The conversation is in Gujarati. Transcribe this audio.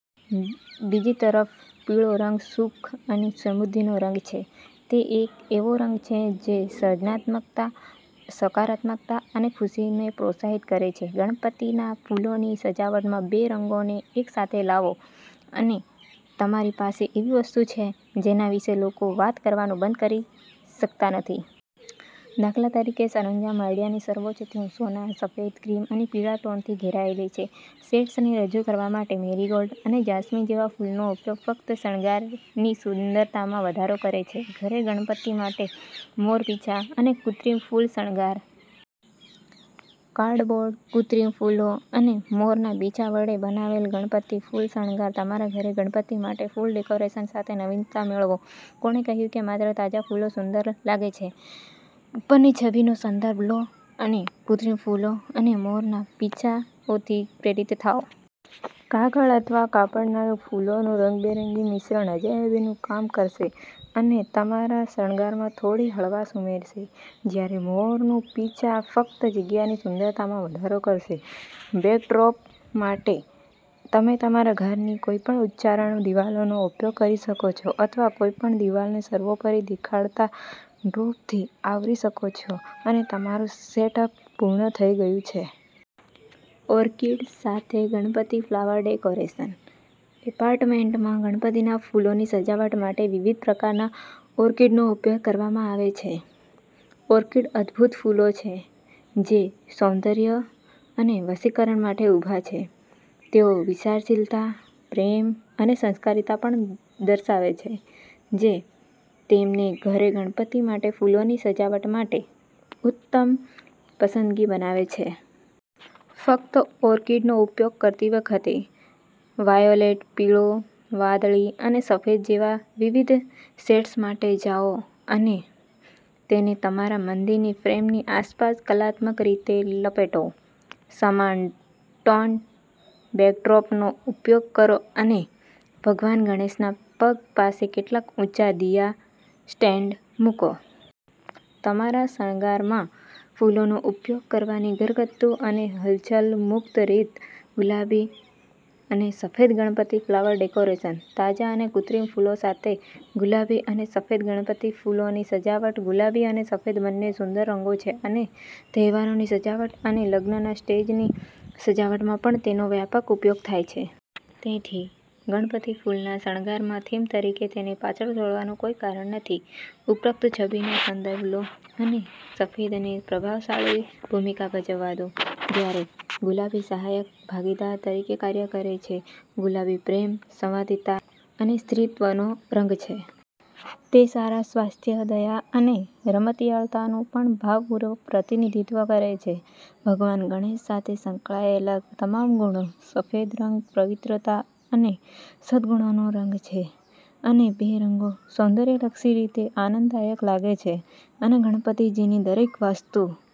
બીજી તરફ પીળો રંગ સુખ અને સમૃદ્ધિનો રંગ છે. તે એક એવો રંગ છે જે સર્જનાત્મકતા, સકારાત્મકતા અને ખુશીને પ્રોત્સાહિત કરે છે. ગણપતિના ફૂલોની સજાવટમાં બે રંગોને એકસાથે લાવો, અને તમારી પાસે એવી વસ્તુ છે જેના વિશે લોકો વાત કરવાનું બંધ કરી શકતા નથી. દાખલા તરીકે, સરંજામ આઈડિયાની સર્વોચ્ચ થીમ સોના, સફેદ, ક્રીમ અને પીળા ટોનથી ઘેરાયેલી છે. શેડ્સને રજૂ કરવા માટે મેરીગોલ્ડ અને જાસ્મિન જેવા ફૂલોનો ઉપયોગ ફક્ત શણગારની સુંદરતામાં વધારો કરે છે. ઘરે ગણપતિ માટે મોર પીંછા અને કૃત્રિમ ફૂલ શણગાર. કાર્ડબોર્ડ, કૃત્રિમ ફૂલો અને મોરના પીંછા વડે બનાવેલ ગણપતિ ફૂલ શણગાર. તમારા ઘરે ગણપતિ માટે ફૂલ ડેકોરેશન સાથે નવીનતા મેળવો. કોણે કહ્યું કે માત્ર તાજા ફૂલો સુંદર લાગે છે? ઉપરની છબીનો સંદર્ભ લો અને કૃત્રિમ ફૂલો અને મોરના પીછાઓથી પ્રેરિત થાઓ. કાગળ અથવા કાપડના ફૂલોનું રંગબેરંગી મિશ્રણ અજાયબીઓનું કામ કરશે અને તમારા શણગારમાં થોડી હળવાશ ઉમેરશે, જ્યારે મોરનું પીંછા ફક્ત જગ્યાની સુંદરતામાં વધારો કરશે. બેકડ્રોપ માટે, તમે તમારા ઘરની કોઈપણ ઉચ્ચારણ દિવાલનો ઉપયોગ કરી શકો છો અથવા કોઈપણ દિવાલને સર્વોપરી દેખાદતા ડ્રેપથી આવરી શકો છો, અને તમારું સેટઅપ પૂર્ણ થઈ ગયું છે! ઓર્કિડ સાથે ગણપતિ ફ્લાવર ડેકોરેશન. એપાર્ટમેન્ટમાં ગણપતિના ફૂલોની સજાવટ માટે વિવિધ પ્રકારના ઓર્કિડનો ઉપયોગ કરવામાં આવે છે. ઓર્કિડ અદભૂત ફૂલો છે જે સૌંદર્ય અને વશીકરણ માટે ઊભા છે. તેઓ વિચારશીલતા, પ્રેમ અને સંસ્કારિતા પણ દર્શાવે છે, જે તેમને ઘરે ગણપતિ માટે ફૂલોની સજાવટ માટે ઉત્તમ પસંદગી બનાવે છે. ફક્ત ઓર્કિડનો ઉપયોગ કરતી વખતે, વાયોલેટ, પીળો, વાદળી અને સફેદ જેવા વિવિધ શેડ્સ માટે જાઓ અને તેને તમારા મંદિરની ફ્રેમની આસપાસ કલાત્મક રીતે લપેટો. સમાન ટોન્ડ બેકડ્રોપનો ઉપયોગ કરો અને ભગવાન ગણેશના પગ પાસે કેટલાક ઊંચા દિયા સ્ટેન્ડ મૂકો. તમારા શણગારમાં ફૂલોનો ઉપયોગ કરવાની ઘરગથ્થુ અને હલચલ-મુક્ત રીત. ગુલાબી અને સફેદ ગણપતિ ફ્લાવર ડેકોરેશન. તાજા અને કૃત્રિમ ફૂલો સાથે ગુલાબી અને સફેદ ગણપતિ ફૂલોની સજાવટ. ગુલાબી અને સફેદ બંને સુંદર રંગો છે અને તહેવારોની સજાવટ અને લગ્નના સ્ટેજની સજાવટમાં પણ તેનો વ્યાપક ઉપયોગ થાય છે. તેથી, ગણપતિ ફૂલના શણગારમાં થીમ તરીકે તેને પાછળ છોડવાનું કોઈ કારણ નથી. ઉપરોક્ત છબીનો સંદર્ભ લો અને સફેદને પ્રભાવશાળી ભૂમિકા ભજવવા દો જ્યારે ગુલાબી સહાયક ભાગીદાર તરીકે કાર્ય કરે છે. ગુલાબી પ્રેમ, સંવાદિતા અને સ્ત્રીત્વનો રંગ છે. તે સારા સ્વાસ્થ્ય, દયા અને રમતિયાળતાનું પણ ભારપૂર્વક પ્રતિનિધિત્વ કરે છે. ભગવાન ગણેશ સાથે સંકળાયેલા તમામ ગુણો. સફેદ રંગ પવિત્રતા અને સદ્ગુણનો રંગ છે, અને બે રંગો સૌંદર્યલક્ષી રીતે આનંદદાયક લાગે છે અને ગણપતિજીની દરેક વસ્તુ